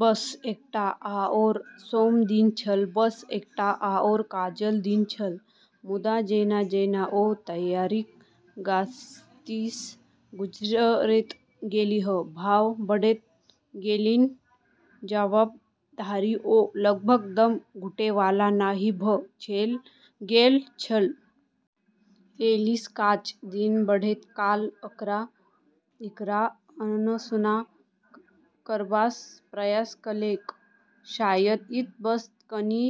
बस एकटा आओर सोम दिन छल, बस एकटा आओर काजक दिन छल। मुदा जेना-जेना ओ तैयारीक गतिसँ गुजरैत गेलीह, भाव बढ़ैत गेलैन जाबत धरि ओ लगभग दम घुटै वाला नहि भऽ गेल छल। ऐलिस काज दिस बढ़ैत काल एकरा अनसुना करबाक प्रयास केलक। शायद ई तऽ बस कनि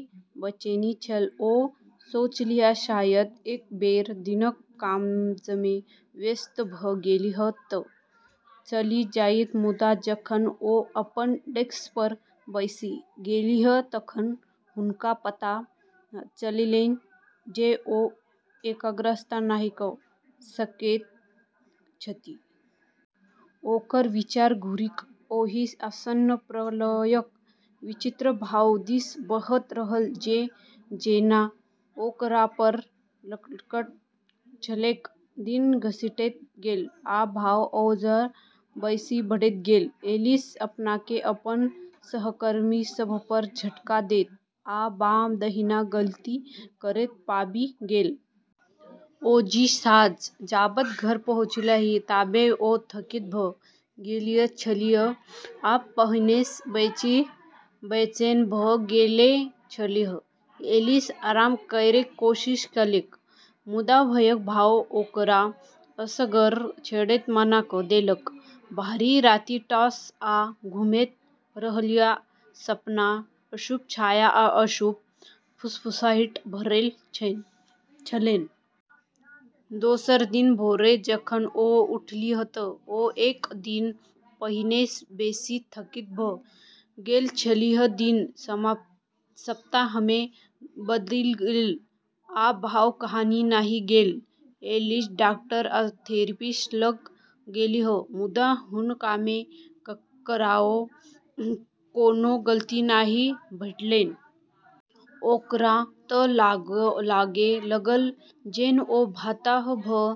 बेचैनी छल, ओ सोचलीह। शायद एक बेर दिनक काजमे व्यस्त भऽ गेलीह तऽ चलि जाइत। मुदा जखन ओ अपन डेस्कपर बैसि गेलीह तखन हुनका पता चललैन जे ओ एकाग्रता नहि कऽ सकैत छथि। ओकर विचार घुरि कऽ ओहि आसन्न प्रलयक विचित्र भाव दिस बहैत रहल जे जेना ओकरापर लटकल छलैक। दिन घसीटैत गेल, आ भाव आओर बेसी बढ़ैत गेल। ऐलिस अपनाकेँ अपन सहकर्मी सभपर झटका दैत आ बामा-दहिना गलती करैत पाबि गेल। ओहि साँझ जाबत घर पहुँचलीह ताबे ओ थकित भऽ गेल छलीह आ पहिनेसँ बेसी बेचैन भऽ गेल छलीह। ऐलिस आराम करैक कोशिश केलक, मुदा भयक भाव ओकरा असगर छोड़ैसँ मना कऽ देलक। भरि राति टॉस आ घुमैत रहलीह, सपना अशुभ छाया आ अशुभ फुसफुसाहटिसँ भरल छलैन। दोसर दिन भोरे जखन ओ उठलीह तऽ ओ एक दिन पहिनेसँ बेसी थकित भऽ गेल छलीह। दिन सप्ताहमे बदलि गेल, आ भाव कहियो नहि गेल। ऐलिस डाक्टर आ थेरेपिस्ट लग गेलीह, मुदा हुनकामे ककरो कोनो गलती नहि भेटलैन। ओकरा तऽ लागै लगल जेना ओ बताह भऽ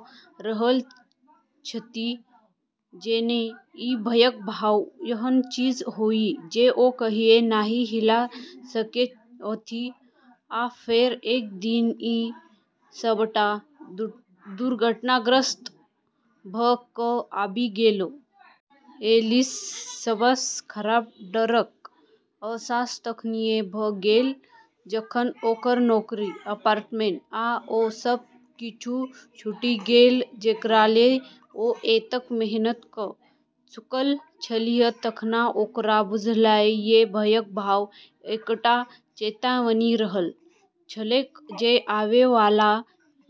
रहल छथि, जेना ई भयक भाव एहन चीज होइ जे ओ कहियो नहि हिला सकैत छथि। आ फेर, एक दिन, ई सबटा दुर्घटनाग्रस्त भऽ कऽ आबि गेल। ऐलिसक सबसँ खराब डरक अहसास तखनिये भऽ गेलै जखन ओकर नौकरी, अपार्टमेंट, आ ओ सब किछु छूटी गेलै जेकरालेल ओ एतेक मेहनत कऽ चुकल छलीह। तखन ओकरा बुझायल जे भयक भाव एकटा चेतावनी रहल छलैक, जे आवै वाला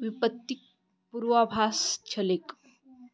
विपत्तिक पूर्वाभास छलैक।